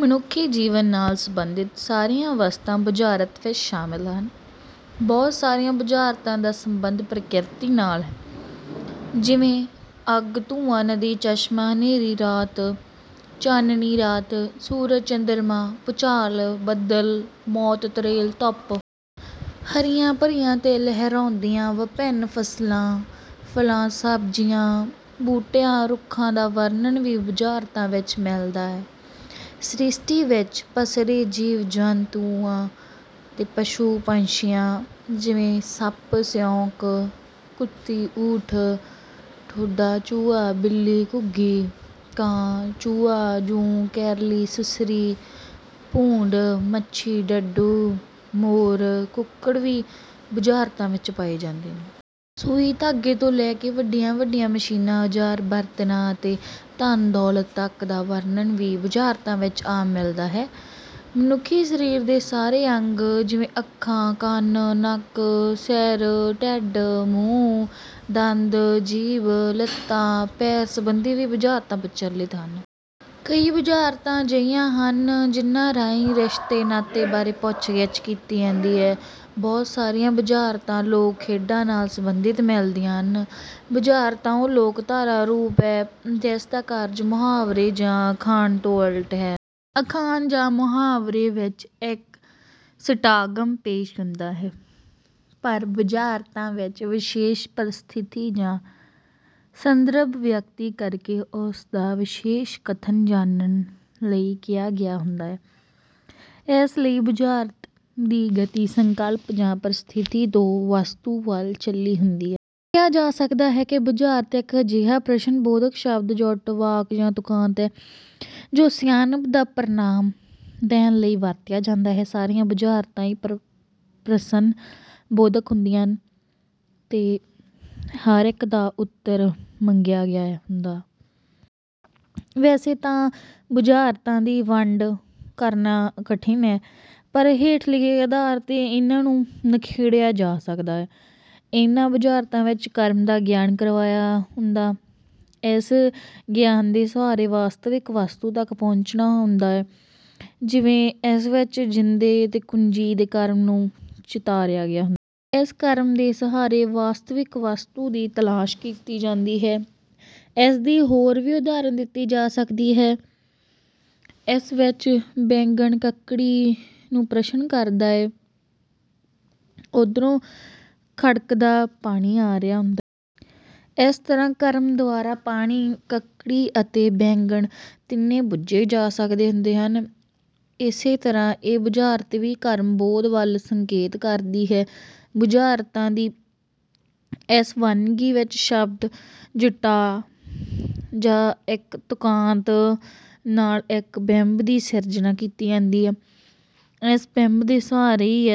ਮਨੁੱਖੀ ਜੀਵਨ ਨਾਲ ਸੰਬੰਧਿਤ ਸਾਰੀਆਂ ਵਸਤਾਂ ਬੁਝਾਰਤਾਂ ਵਿੱਚ ਸ਼ਾਮਿਲ ਹਨ। ਬਹੁਤ ਸਾਰੀਆਂ ਬੁਝਾਰਤਾਂ ਦਾ ਸੰਬੰਧ ਪ੍ਰਕ੍ਰਿਤੀ ਨਾਲ ਹੈ ਜਿਵੇਂ ਅੱਗ ਧੂੰਆਂ ਨਦੀ ਚਸ਼ਮਾ ਹਨੇਰੀ ਰਾਤ ਚਾਨਣੀ ਰਾਤ ਸੂਰਜ ਚੰਦਰਮਾ ਭੂਚਾਲ ਬੱਦਲ ਮੌਤ ਤਰੇਲ ਧੁੱਪ। ਹਰੀਆਂ ਭਰੀਆਂ ਤੇ ਲਹਿਰਾਉਂਦੀਆਂ ਵਿਭਿੰਨ ਫਸਲਾਂ ਫਲਾਂ ਸਬਜ਼ੀਆਂ ਬੂਟਿਆਂ ਰੁੱਖਾਂ ਦਾ ਵਰਨਣ ਵੀ ਬੁਝਾਰਤਾਂ ਵਿੱਚ ਮਿਲਦਾ ਹੈ। ਸ੍ਰਿਸ਼ਟੀ ਵਿੱਚ ਪਸਰੇ ਜੀਵ ਜੰਤੂਆਂ ਤੇ ਪਸ਼ੂ ਪੰਛੀਆਂ ਜਿਵੇਂ ਸੱਪ ਸਿਉਂਕ ਕੁੱਤੀ ਊਠ ਥੋਡਾ ਚੂਹਾ ਬਿੱਲੀ ਘੁੱਗੀ ਕਾਂ ਚੂਹਾ ਜੂੰ ਕਿਰਲੀ ਸੁਸਰੀ ਭੂੰਡ ਮੱਛੀ ਡੱਡੂ ਮੋਰ ਕੁੱਕੜ ਵੀ ਬੁਝਾਰਤਾਂ ਵਿੱਚ ਪਾਏ ਜਾਂਦੇ ਹਨ। ਸੂਈ ਧਾਗੇ ਤੋਂ ਲੈ ਕੇ ਵੱਡੀਆਂ ਵੱਡੀਆਂ ਮਸ਼ੀਨਾਂ ਔਜ਼ਾਰਾਂ ਬਰਤਨਾਂ ਅਤੇ ਧਨ ਦੌਲਤ ਤੱਕ ਦਾ ਵਰਣਨ ਵੀ ਬੁਝਾਰਤਾਂ ਵਿੱਚ ਆਮ ਮਿਲਦਾ ਹੈ। ਮਨੁੱਖੀ ਸਰੀਰ ਦੇ ਸਾਰੇ ਅੰਗ ਜਿਵੇਂ ਅੱਖਾਂ ਕੰਨ ਨੱਕ ਸਿਰ ਢਿੱਡ ਮੂੰਹ ਦੰਦ ਜੀਭ ਲੱਤਾਂ ਪੈਰ ਸੰਬੰਧੀ ਵੀ ਬੁਝਾਰਤਾਂ ਪ੍ਰਚਲਿਤ ਹਨ। ਕਈ ਬੁਝਾਰਤਾਂ ਅਜਿਹੀਆਂ ਹਨ ਜਿਹਨਾਂ ਰਾਹੀਂ ਰਿਸ਼ਤੇ ਨਾਤੇ ਬਾਰੇ ਪੁੱਛ ਗਿੱਛ ਕੀਤੀ ਜਾਂਦੀ ਹੈ। ਬਹੁਤ ਸਾਰੀਆਂ ਬੁਝਾਰਤਾਂ ਲੋਕ ਖੇਡਾਂ ਨਾਲ ਸੰਬੰਧਿਤ ਮਿਲਦੀਆਂ ਹਨ। ਬੁਝਾਰਤਾਂ ਉਹ ਲੋਕਧਾਰਾ ਰੂਪ ਹੈ ਜਿਸ ਦਾ ਕਾਰਜ ਮੁਹਾਵਰੇ ਜਾਂ ਅਖਾਣ ਤੋਂ ਉਲਟ ਹੁੰਦਾ ਹੈ। ਅਖਾਣ ਜਾਂ ਮੁਹਾਵਰੇ ਵਿੱਚ ਇੱਕ ਸਿੰਟਾਗਮ ਪੇਸ਼ ਹੁੰਦਾ ਹੈ। ਪਰ ਬੁਝਾਰਤਾਂ ਵਿੱਚ ਵਿਸ਼ੇਸ਼ ਪਰਿਸਥਿਤੀ ਜਾਂ ਸੰਦਰਭ ਵਿਅਕਤ ਕਰਕੇ ਉਸ ਦਾ ਵਿਸ਼ੇਸ਼ ਕਥਨ ਜਾਣਨ ਲਈ ਕਿਹਾ ਗਿਆ ਹੁੰਦਾ ਹੈ। ਇਸ ਲਈ ਬੁਝਾਰਤ ਦੀ ਗਤੀ ਸੰਕਲਪ ਜਾਂ ਪਰਿਸਥਿਤੀ ਤੋਂ ਵਸਤੂ ਵੱਲ ਹੁੰਦੀ ਹੈ। ਕਿਹਾ ਜਾ ਸਕਦਾ ਹੈ ਕਿ ਬੁਝਾਰਤ ਇੱਕ ਅਜਿਹਾ ਪ੍ਰਸ਼ਨ ਬੋਧਕ ਸ਼ਬਦ ਜੁੱਟ ਵਾਕ ਜਾਂ ਤੁਕਾਂਤ ਹੈ ਜੋ ਸਿਆਣਪ ਦਾ ਪ੍ਰਮਾਣ ਲੈਣ ਲਈ ਵਰਤਿਆ ਜਾਂਦਾ ਹੈ। ਸਾਰੀਆਂ ਬੁਝਾਰਤਾਂ ਹੀ ਪ੍ਰਸ਼ਨ ਬੋਧਕ ਹੁੰਦੀਆਂ ਹਨ ਅਤੇ ਹਰ ਇੱਕ ਦਾ ਉੱਤਰ ਮੰਗਿਆ ਗਿਆ ਹੁੰਦਾ ਹੈ। ਵੈਸੇ ਤਾਂ ਬੁਝਾਰਤਾਂ ਦੀ ਵਰਗ ਵੰਡ ਕਰਨਾ ਕਠਿਨ ਹੈ ਪਰ ਹੇਠ ਲਿਖੇ ਅਧਾਰਾਂ ਤੇ ਇਨ੍ਹਾਂ ਨੂੰ ਨਿਖੇੜਿਆ ਜਾ ਸਕਦਾ ਹੈ। ਇਨ੍ਹਾਂ ਬੁਝਾਰਤਾਂ ਵਿੱਚ ਕਰਮ ਦਾ ਗਿਆਨ ਕਰਵਾਇਆ ਗਿਆ ਹੁੰਦਾ ਹੈ। ਇਸ ਗਿਆਨ ਦੇ ਸਹਾਰੇ ਵਾਸਤਵਿਕ ਵਸਤੂ ਤੱਕ ਪਹੁੰਚਣਾ ਹੁੰਦਾ ਹੈ ਜਿਵੇਂ ਇਸ ਵਿੱਚ ਜਿੰਦੇ ਅਤੇ ਕੁੰਜੀ ਦੇ ਕਰਮ ਨੂੰ ਚਿਤਰਿਆ ਗਿਆ ਹੈ। ਇਸ ਕਰਮ ਦੇ ਸਹਾਰੇ ਵਾਸਤਵਿਕ ਵਸਤੂ ਦੀ ਤਲਾਸ਼ ਕੀਤੀ ਜਾਂਦੀ ਹੈ। ਇਸਦੀ ਹੋਰ ਵੀ ਉਦਾਹਰਨ ਦਿੱਤੀ ਜਾ ਸਕਦੀ ਹੈ। ਇਸ ਵਿੱਚ ਬੈਂਗਣ ਕੱਕੜੀ ਨੂੰ ਪ੍ਰਸ਼ਨ ਕਰਦਾ ਹੈ। ਉਧਰੋਂ ਖੜਕਦਾ ਪਾਣੀ ਆ ਰਿਹਾ ਹੁੰਦਾ ਹੈ। ਇਸ ਤਰ੍ਹਾਂ ਕਰਮ ਦੁਆਰਾ ਪਾਣੀ ਕੱਕੜੀ ਅਤੇ ਬੈਂਗਣ ਤਿੰਨੇ ਬੁੱਝੇ ਜਾ ਸਕਦੇ ਹਨ। ਇਸੇ ਤਰ੍ਹਾਂ ਇਹ ਬੁਝਾਰਤ ਵੀ ਕਰਮਬੋਧ ਵੱਲ ਸੰਕੇਤ ਕਰਦੀ ਹੈ। ਬੁਝਾਰਤਾਂ ਦੀ ਇਸ ਵੰਨਗੀ ਵਿੱਚ ਸ਼ਬਦ ਜੁੱਟਾਂ ਜਾਂ ਇੱਕ ਤੁਕਾਂਤ ਨਾਲ ਇੱਕ ਬਿੰਬ ਦੀ ਸਿਰਜਣਾ ਕੀਤੀ ਜਾਂਦੀ ਹੈ। ਇਸ ਬਿੰਬ ਦੇ ਸਹਾਰੇ ਇਸ